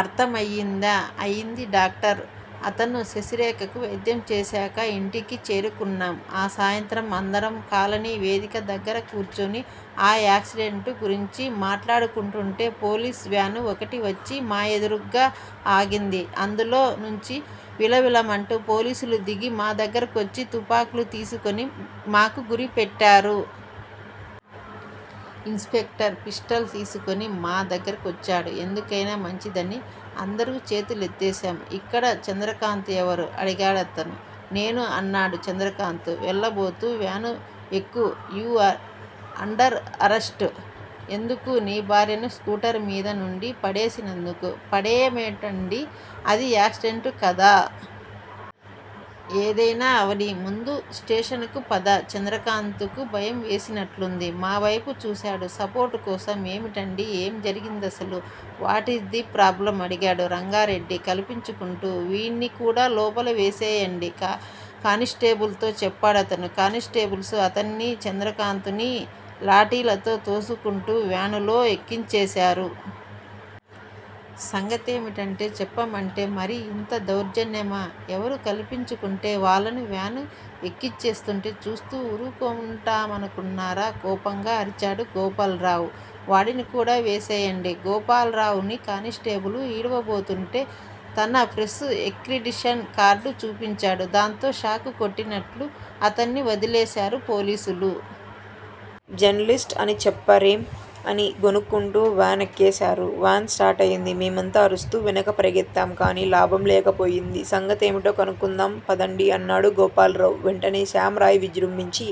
అర్ధమయిందా? అయింది డాక్టర్! అతను శశిరేఖకు వైద్యం చేశాక ఇంటికి చేరుకున్నాం. ఆ సాయంత్రం అందరం కాలనీ వేదిక దగ్గర కూర్చుని ఆ యాక్సిడెంట్ గురించి మాట్లాడుకుంటుంటే పోలీస్ వాన్ ఒకటి వచ్చి మా ఎదురుగ్గా ఆగింది. అందులో నుంచి విలవిలమంటూ పోలీసులు దిగి మా దగ్గరకొచ్చి తుపాకులు తీసుకుని మాకు గురిపెట్టారు. ఇన్ స్పెక్టర్ పిస్టల్ తీసుకుని మా దగ్గరకొచ్చాడు. ఎందుకైనా మంచిదని అందరం చేతులెత్తేశాం. ఇక్కడ చంద్రకాంత్ ఎవరు? అడిగాడతను. నేను అన్నాడు చంద్రకాంత్ తెల్లబోతూ. వాన్ ఎక్కు! You are under arrest. ఎందుకూ? నీ భార్యను స్కూటర్ మీద నుండి పడేసినందుకు? పడేయమేంటండీ? అది యాక్సిడెంట్ కదా? ఏదైనా అవనీ. ముందు స్టేషన్ కు పద. చంద్రకాంత్ కు భయం వేసినట్లుంది. మావైపు చూశాడు సపోర్టు కోసం. ఏమిటండీ? ఏం జరిగిందసలు? వాటీజ్ ది ప్రాబ్లమ్ అడిగాడు రంగారెడ్డి కల్పించుకుంటూ. వీడ్ని కూడా లోపల వేసేయండి కానిస్టేబుల్స్ తో చెప్పాడతను. కానిస్టేబుల్స్ అతన్నీ, చంద్రకాంత్ నీ లాఠీలతో తోసుకుంటూ వాన్ లో ఎక్కించేశారు. సంగతేమిటి చెప్పమంటే మరీ ఇంత దౌర్జన్యమా? ఎవరు కల్పించుకుంటే వాళ్ళను వాన్ ఎక్కించేస్తుంటే చూస్తూ ఊరుకుంటామనుకున్నారా? కోపంగా అరిచాడు గోపాల్రావ్. వాడిని కూడా వేసెయ్యండి గోపాల్రావ్ ని కానిస్టేబుల్స్ ఈడ్వబోతుంటే తన ప్రెస్ ఎక్రిడిషన్ కార్డ్ చూపించాడు. దాంతో షాక్ కొట్టినట్లు అతనిని వదిలేశారు పోలీసులు. జర్నలిస్ట్ అని చెప్పరేం? అని గొణుక్కుంటూ వాన్ ఎక్కేశారు. వాన్ స్టార్టయింది. మేమంతా అరుస్తూ వెనుక పరుగెత్తాం కానీ లాభం లేకపోయింది. సంగతేమిటో కనుక్కుందాం పదండి అన్నాడు గోపాల్రావ్. వెంటనే శాయిరామ్ విజృంభించి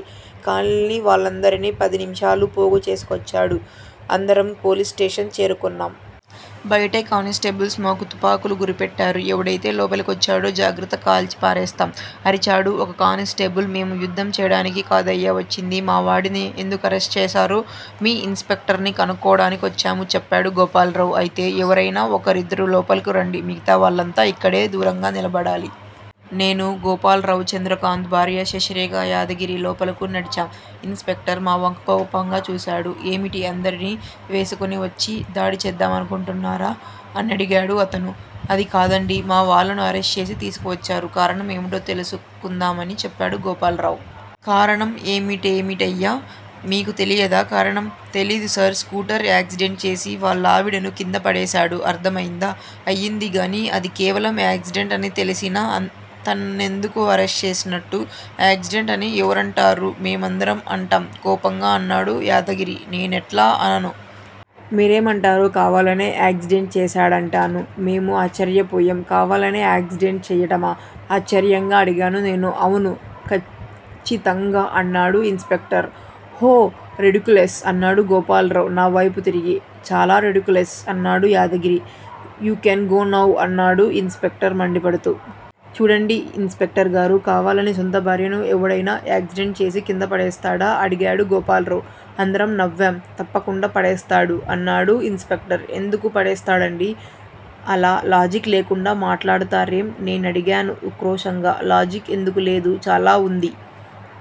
కాలనీ వాళ్ళందరినీ పది నిముషాల్లో పోగు చేసుకొచ్చాడు. అందరం పోలీస్ స్టేషన్ చేరుకున్నాం. బయటే కానిస్టేబుల్స్ మాకు తుపాకులు గురిపెట్టారు. ఎవడైతే లోపలికొచ్చాడో జాగ్రత్థ కాల్చిపారేస్తాం అరిచాడు ఒక కానిస్టేబుల్. మేము యుద్ధం చెయ్యడానికి కాదయ్యా వచ్చింది. మావాడిని ఎందుకరెస్ట్ చేశారో మీ ఇన్ స్పెక్టర్ ని కనుక్కోడానికొచ్చాము చెప్పాడు గోపాల్రావ్. అయితే ఎవరైనా ఒకరిద్దరు లోపలకు రండి. మిగతా వాళ్ళంతా అక్కడే దూరంగా నిలబడాలి. నేనూ, గోపాల్రావ్, చంద్రకాంత్ భార్య శశిరేఖ, యాదగిరి లోపలకు నడిచాం. ఇన్ స్పెక్టర్ మావంక కోపంగా చూశాడు. ఏమిటి, అందరినీ వేనకేసుకుని వచ్చి దాడి చేద్దామనుకుంటున్నారా? అడిగాడతను. అది కాదండి. మా వాళ్ళను అరెస్ట్ చేసి తీసుకొచ్చారు. కారణం ఏమిటో తెలుసు కుందామని చెప్పాడు గోపాల్రావ్. కారణం ఏమిటేమిటయ్యా! మీకు తెలీదా కారణం? తెలీద్సార్! స్కూటర్ యాక్సిడెంట్ చేసి వాళ్ళావిడను కింద పడేశాడు. అర్ధమైందా. అయింది గాని అది కేవలం యాక్సిడెంట్ అని తెలిసినా అతన్నెందుకు అరెస్ట్ చేసినట్లు? యాక్సిడెంట్ అని ఎవరంటారు? మేమందరం అంటాం కోపంగా అన్నాడు యాదగిరి. నేనట్లా అనను. మీరేమంటారు? కావాలనే యాక్సిడెంట్ చేశాడంటాను మేము ఆశ్చర్యపోయాం. కావాలనే యాక్సిడెంట్ చేయటమా? ఆశ్చర్యంగా అడిగాను నేను. అవను ఖచ్చితంగా అన్నాడు ఇన్ స్పెక్టర్. How ridiculous? అన్నాడు గోపాల్రావ్ నావేపు తిరిగి. చాలా రిడిక్యులస్? అన్నాడు Yadagiri. You can go now అన్నాడు ఇన్ స్పెక్టర్ మండిపడుతూ. చూడండి ఇన్ స్పెక్టర్ గారూ! కావాలని సొంత భార్యను ఎవడైనా యాక్సిడెంట్ చేసి కిందపడేస్తాడా అడిగాడు గోపాల్రావ్. అందరం నవ్వాం. తప్పకుండా పడేస్తాడు అన్నాడు ఇన్ స్పెక్టర్. ఎందుకు పడేస్తాడండీ? అలా లాజిక్ లేకుండా మాట్లాడతారేం? నేనడిగాను ఉక్రోషంగా. లాజిక్ ఎందుకు లేదు? చాలా వుంది.